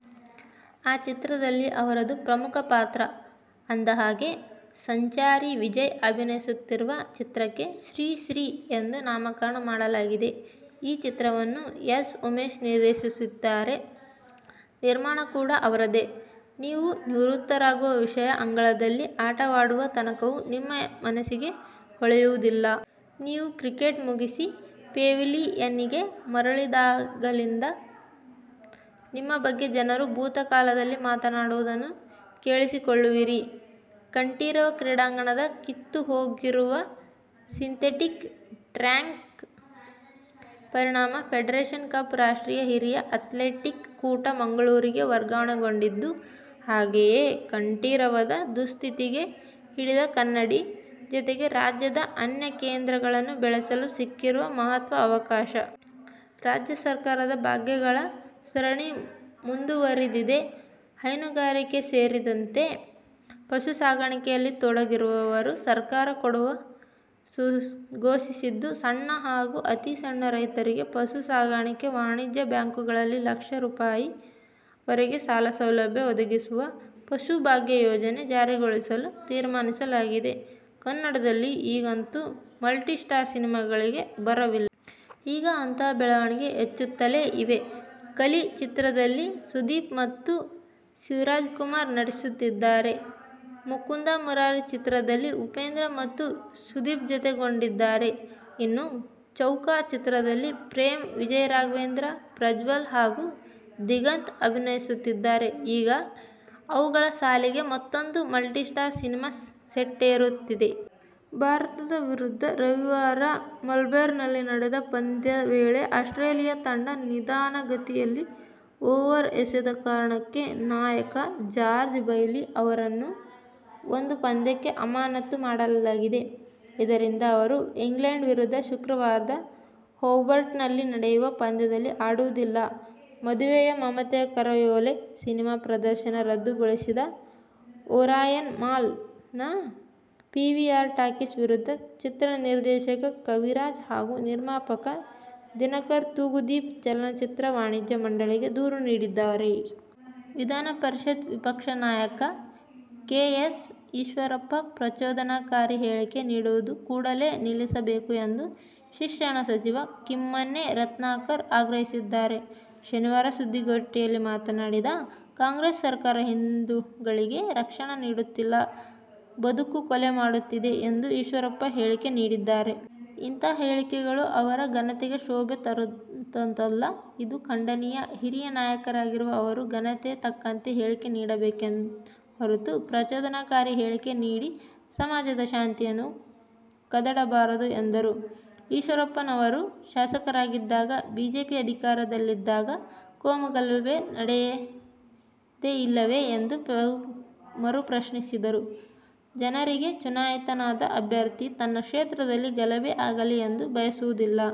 ಆ ಚಿತ್ರದಲ್ಲಿ ಅವರದು ಪ್ರಮುಖ ಪಾತ್ರ. ಅಂದಹಾಗೆ, ಸಂಚಾರಿ ವಿಜಯ್ ಅಭಿನಯಿಸುತ್ತಿರುವ ಚಿತ್ರಕ್ಕೆ "ಶ್ರೀ ಶ್ರೀ.. ' ಎಂದು ನಾಮಕರಣ ಮಾಡಲಾಗಿದೆ. ಈ ಚಿತ್ರವನ್ನು ಎಸ್. ಉಮೇಶ್ ನಿರ್ದೇಶಿಸುತ್ತಿದ್ದಾರೆ. ನಿರ್ಮಾಣ ಕೂಡ ಅವರದೇ. "ನೀವು ನಿವೃತ್ತರಾಗುವ ವಿಷಯ ಅಂಗಳದಲ್ಲಿ ಆಟವಾಡುವ ತನಕವೂ ನಿಮ್ಮ ಮನಸ್ಸಿಗೆ ಹೊಳೆಯುವುದಿಲ್ಲ. ನೀವು ಕ್ರಿಕೆಟ್ ಮುಗಿಸಿ ಪೆವಿಲಿಯನ್ನಿಗೆ ಮರಳಿದಾಗಲೇ ನಿಮ್ಮ ಬಗ್ಗೆ ಜನರು ಭೂತಕಾಲದಲ್ಲಿ ಮಾತನಾಡುವುದನ್ನು ಕೇಳಿಸಿಕೊಳ್ಳುವಿರಿ' ಕಂಠೀರವ ಕ್ರೀಡಾಂಗಣದ ಕಿತ್ತುಹೋಗಿರುವ ಸಿಂಥೆಟಿಕ್ ಟ್ರ್ಯಾಕ್ನ ಪರಿಣಾಮ ಫೆಡರೇಷನ್ ಕಪ್ ರಾಷ್ಟ್ರೀಯ ಹಿರಿಯರ ಆ್ಯತ್ಲೆಟಿಕ್ ಕೂಟ ಮಂಗಳೂರಿಗೆ ವರ್ಗಾವಣೆಗೊಂಡಿದೆ. ಹಾಗೆಯೇ ಕಂಠೀರವದ ದುಸ್ಥಿತಿಗೆ ಹಿಡಿದ ಕನ್ನಡಿ, ಜತೆಗೆ ರಾಜ್ಯದ ಅನ್ಯಕೇಂದ್ರಗಳನ್ನು ಬೆಳೆಸಲು ಸಿಕ್ಕಿರುವ ಮಹತ್ವದ ಅವಕಾಶ! ರಾಜ್ಯ ಸರ್ಕಾರದ ಭಾಗ್ಯಗಳ ಸರಣಿ ಮುಂದುವರಿದಿದೆ. ಹೈನುಗಾರಿಕೆ ಸೇರಿದಂತೆ ಪಶು ಸಾಕಾಣಿಕೆಯಲ್ಲಿ ತೊಡಗುವವರಿಗೆ ಸರ್ಕಾರ ಕೊಡುಗೆ ಘೋಷಿಸಿದ್ದು, ಸಣ್ಣ ಹಾಗೂ ಅತಿ ಸಣ್ಣ ರೈತರಿಗೆ ಪಶು ಸಾಕಾಣಿಕೆಗೆ ವಾಣಿಜ್ಯ ಬ್ಯಾಂಕುಗಳಲ್ಲಿ ಲಕ್ಷ ರೂ. ವರೆಗೆ ಸಾಲ ಸೌಲಭ್ಯ ಒದಗಿಸುವ "ಪಶು ಭಾಗ್ಯ'ಯೋಜನೆ ಜಾರಿಗೊಳಿಸಲು ತೀರ್ಮಾನಿಸಲಾಗಿದೆ. ಕನ್ನಡದಲ್ಲಿ ಈಗಂತೂ ಮಲ್ಟಿಸ್ಟಾರ್ ಸಿನಿಮಾಗಳಿಗೆ ಬರವಿಲ್ಲ. ಈಗೀಗ ಅಂತಹ ಬೆಳವಣಿಗೆಗಳು ಹೆಚ್ಚುತ್ತಲೇ ಇವೆ. "ಕಲಿ' ಚಿತ್ರದಲ್ಲಿ ಸುದೀಪ್ ಮತ್ತು ಶಿವರಾಜ್ಕುಮಾರ್ ನಟಿಸುತ್ತಿದ್ದಾರೆ. "ಮುಕುಂದ ಮುರಾರಿ' ಚಿತ್ರದಲ್ಲಿ ಉಪೇಂದ್ರ ಮತ್ತು ಸುದೀಪ್ಜತೆಗೂಡಿದ್ದಾರೆ. ಇನ್ನು, "ಚೌಕ' ಚಿತ್ರದಲ್ಲಿ ಪ್ರೇಮ್, ವಿಜಯರಾಘವೇಂದ್ರ, ಪ್ರಜ್ವಲ್ ಹಾಗು ದಿಗಂತ್ ಅಭಿನಯಿಸುತ್ತಿದ್ದಾರೆ. ಈಗ ಅವುಗಳ ಸಾಲಿಗೆ ಮತ್ತೂಂದು ಮಲ್ಟಿಸ್ಟಾರ್ ಸಿನಿಮಾ ಸೆಟ್ಟೇರುತ್ತಿದೆ. ಭಾರತ ವಿರುದ್ಧ ರವಿವಾರ ಮೆಲ್ಬರ್ನ್ನಲ್ಲಿ ನಡೆದ ಪಂದ್ಯದ ವೇಳೆ ಆಸ್ಟ್ರೇಲಿಯ ತಂಡ ನಿಧಾನಗತಿಯಲ್ಲಿ ಓವರ್ ಎಸೆದ ಕಾರಣಕ್ಕಾಗಿ ನಾಯಕ ಜಾರ್ಜ್ ಬೈಲಿ ಅವರನ್ನು ಒಂದು ಪಂದ್ಯಕ್ಕೆ ಅಮಾನತು ಮಾಡಲಾಗಿದೆ. ಇದರಿಂದಾಗಿ ಅವರು ಇಂಗ್ಲೆಂಡ್ ವಿರುದ್ಧ ಶುಕ್ರವಾರ ಹೋಬರ್ಟ್ನಲ್ಲಿ ನಡೆಯುವ ಪಂದ್ಯದಲ್ಲಿ ಆಡುವುದಿಲ್ಲ. ಮದುವೆಯ ಮಮತೆಯ ಕರೆಯೋಲೆ ಸಿನಿಮಾ ಪ್ರದರ್ಶನ ರದ್ದುಗೊಳಿಸಿದ ಒರಾಯನ್ ಮಾಲ್ ನ ಪಿವಿಆರ್ ಟಾಕೀಸ್ ವಿರುದ್ಧ ಚಿತ್ರದ ನಿರ್ದೇಶಕ ಕವಿರಾಜ್ ಹಾಗೂ ನಿರ್ಮಾಪಕ ದಿನಕರ್ ತೂಗುದೀಪ್ ಚಲನಚಿತ್ರ ವಾಣಿಜ್ಯ ಮಂಡಳಿಗೆ ದೂರು ನೀಡಿದ್ದಾರೆ. ವಿಧಾನ ಪರಿಷತ್ ವಿಪಕ್ಷ ನಾಯಕ ಕೆ. ಎಸ್. ಈಶ್ವರಪ್ಪ ಪ್ರಚೋದನಾಕಾರಿ ಹೇಳಿಕೆ ನೀಡುವುದನ್ನು ಕೂಡಲೇ ನಿಲ್ಲಿಸಬೇಕು ಎಂದು ಶಿಕ್ಷಣ ಸಚಿವ ಕಿಮ್ಮನೆ ರತ್ನಾಕರ್ ಆಗ್ರಹಿಸಿದ್ದಾರೆ. ಶನಿವಾರ ಸುದ್ದಿಗೋಷ್ಠಿಯಲ್ಲಿ ಮಾತನಾಡಿ, ಕಾಂಗ್ರೆಸ್ ಸರ್ಕಾರ ಹಿಂದೂಗಳಿಗೆ ರಕ್ಷಣೆ ನೀಡುತ್ತಿಲ್ಲ. ಬದಲು ಕೊಲೆ ಮಾಡುತ್ತಿದೆ ಎಂದು ಈಶ್ವರಪ್ಪ ಹೇಳಿಕೆ ನೀಡಿದ್ದಾರೆ. ಇಂತಹ ಹೇಳಿಕೆಗಳು ಅವರ ಘನತೆಗೆ ಶೋಭೆ ತರುವಂತದ್ದಲ್ಲ. ಇದು ಖಂಡನೀಯ. ಹಿರಿಯ ನಾಯಕರಾಗಿರುವ ಅವರು ಘನತೆಗೆ ತಕ್ಕಂತೆ ಹೇಳಿಕೆ ನೀಡಬೇಕೇ ಹೊರತು, ಪ್ರಚೋದನಕಾರಿ ಹೇಳಿಕೆ ನೀಡಿ ಸಮಾಜದ ಶಾಂತಿಯನ್ನು ಕದಡಬಾರದು ಎಂದರು. ಈಶ್ವರಪ್ಪನವರು ಶಾಸಕರಾಗಿದ್ದಾಗ, ಬಿಜೆಪಿ ಅಧಿಕಾರದಲ್ಲಿದ್ದಾಗ ಕೋಮುಗಲಭೆ ನಡೆದೇ ಇಲ್ಲವೇ ಎಂದು ಅವರು ಪ್ರಶ್ನಿಸಿದರು. ಜನರಿಂದ ಚುನಾಯಿತನಾದ ಅಭ್ಯರ್ಥಿ ತನ್ನ ಕ್ಷೇತ್ರದಲ್ಲಿ ಗಲಭೆ ಆಗಲಿ ಎಂದು ಬಯಸುವುದಿಲ್ಲ.